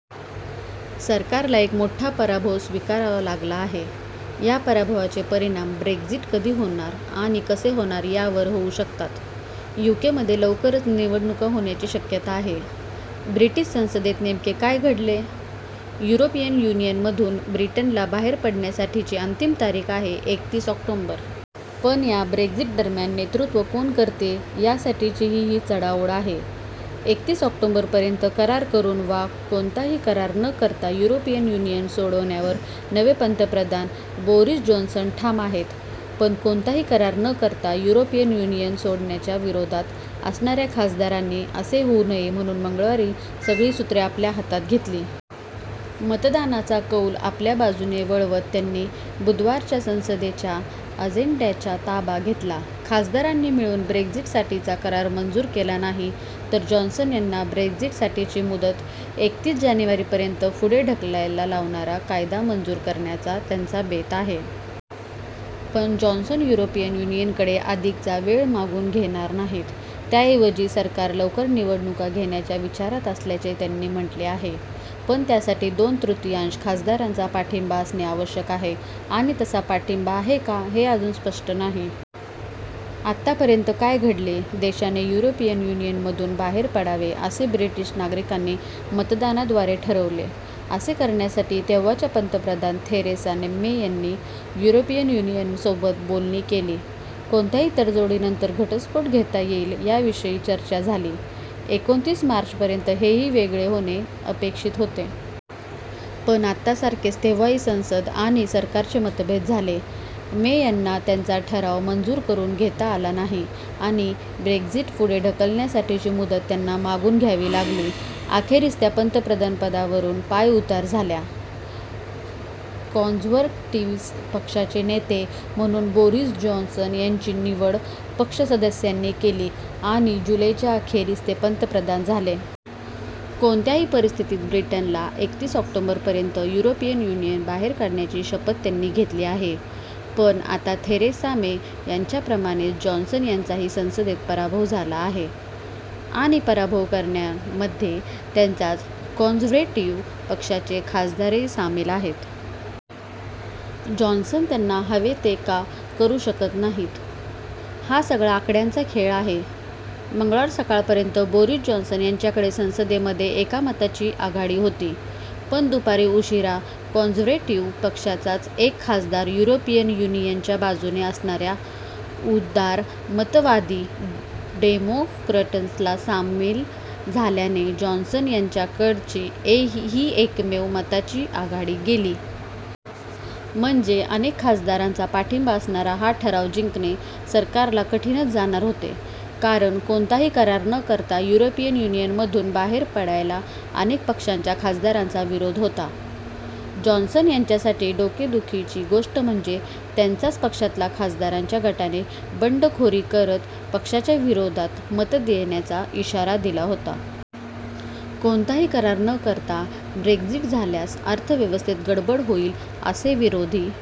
सरकारला एक मोठा पराभव स्वीकारावा लागला आहे. या पराभवाचे परिणाम ब्रेक्झिट कधी होणार आणि कसे होणार यावर होऊ शकतात. युकेमध्ये लवकरच निवडणुका होण्याचीही शक्यता आहे. ब्रिटिश संसदेत नेमके काय घडले? युरोपियन युनियनमधून ब्रिटनला बाहेर पडण्यासाठीची अंतिम तारीख आहे एकतीस ऑक्टोबर. पण या ब्रेक्झिट दरम्यान नेतृत्व कोण करते यासाठीची ही चढाओढ आहे. एकतीस ऑक्टोबरपर्यंत करार करून वा कोणताही करार न करता युरोपियन युनियन सोडण्यावर नवे पंतप्रधान बोरिस जॉन्सन ठाम आहेत. पण कोणताही करार न करता युरोपियन युनियन सोडण्याच्या विरोधात असणाऱ्या खासदारांनी असे होऊ नये म्हणून मंगळवारी सगळी सूत्रे आपल्या हातात घेतली. मतदानाचा कौल आपल्या बाजूने वळवत त्यांनी बुधवारच्या संसदेच्या अजेंड्याचा ताबा घेतला. खासदारांनी मिळून ब्रेक्झिटसाठीचा करार मंजूर केला नाही तर जॉन्सन यांना ब्रेक्झिटसाठीची मुदत एकतीस जानेवारीपर्यंत पुढे ढकलायला लावणारा कायदा मंजूर करण्याचा त्यांचा बेत आहे. पण जॉन्सन युरोपियन युनियनकडे अधिकचा वेळ मागून घेणार नाहीत. त्याऐवजी सरकार लवकर निवडणुका घेण्याच्या विचारात असल्याचे त्यांनी म्हटले आहे. पण त्यासाठी दोन तृतीयांश खासदारांचा पाठिंबा असणे आवश्यक आहे आणि तसा पाठिंबा आहे का, हे अजून स्पष्ट नाही. आतापर्यंत काय घडले? देशाने युरोपियन युनियनमधून बाहेर पडावे असे ब्रिटिश नागरिकांनी मतदानाद्वारे ठरवले. असे करण्यासाठी तेव्हाच्या पंतप्रधान थेरेसा मे यांनी युरोपियन युनियनसोबत बोलणी केली. कोणत्या तडजोडींनंतर 'घटस्फोट' घेता येईल याविषयी चर्चा झाली. एकोणतीस मार्चपर्यंत हे वेगळे होणे अपेक्षित होते. पण आतासारखेच तेव्हाही संसद आणि सरकारचे मतभेद झाले. मे यांना त्यांचा ठराव मंजूर करून घेता आला नाही आणि ब्रेक्झिट पुढे ढकलण्यासाठीची मुदत त्यांना मागून घ्यावी लागली. अखेरीस त्या पंतप्रधानपदावरून पायउतार झाल्या. कॉन्झर्व्हेटिव्ह पक्षाचे नेते म्हणून बोरिस जॉन्सन यांची निवड पक्ष सदस्यांनी केली आणि जुलैच्या अखेरीस ते पंतप्रधान झाले. कोणत्याही परिस्थितीत ब्रिटनला एकतीस ऑक्टोबरपर्यंत युरोपियन युनियन बाहेर काढण्याची शपथ त्यांनी घेतली आहे. पण आता थेरेसा मे यांच्याप्रमाणेच जॉन्सन यांचाही संसदेत पराभव झाला आहे. आणि पराभव करणाऱ्यांमध्ये त्यांच्याच कॉन्झर्व्हेटिव्ह पक्षाचे खासदारही सामील आहेत. जॉन्सन त्यांना हवे ते का करू शकत नाहीत? हा सगळा आकड्यांचा खेळ आहे. मंगळवार सकाळपर्यंत बोरिस जॉन्सन यांच्याकडे संसदेमध्ये एका मताची आघाडी होती. पण दुपारी उशिरा कॉन्झर्व्हेटिव्ह पक्षाचाच एक खासदार युरोपियन युनियनच्या बाजूने असणाऱ्या उदारमतवादी डेमोक्रॅट्सना सामील झाल्याने जॉन्सन यांच्याकडची ही एकमेव मताची आघाडी गेली. म्हणजे अनेक खासदारांचा पाठिंबा असणारा हा ठराव जिंकणे सरकारला कठीणच जाणार होते. कारण कोणताही करार न करता युरोपियन युनियनमधून बाहेर पडायला अनेक पक्षांच्या खासदारांचा विरोध होता. जॉन्सन यांच्यासाठी डोकेदुखीची गोष्ट म्हणजे त्यांच्याच पक्षातल्या खासदारांच्या गटाने बंडखोरी करत पक्षाच्या विरोधात मत देण्याचा इशारा दिला होता. कोणताही करार न करता ब्रेक्झिट झाल्यास अर्थव्यवस्थेत गडबड होईल असे विरोधी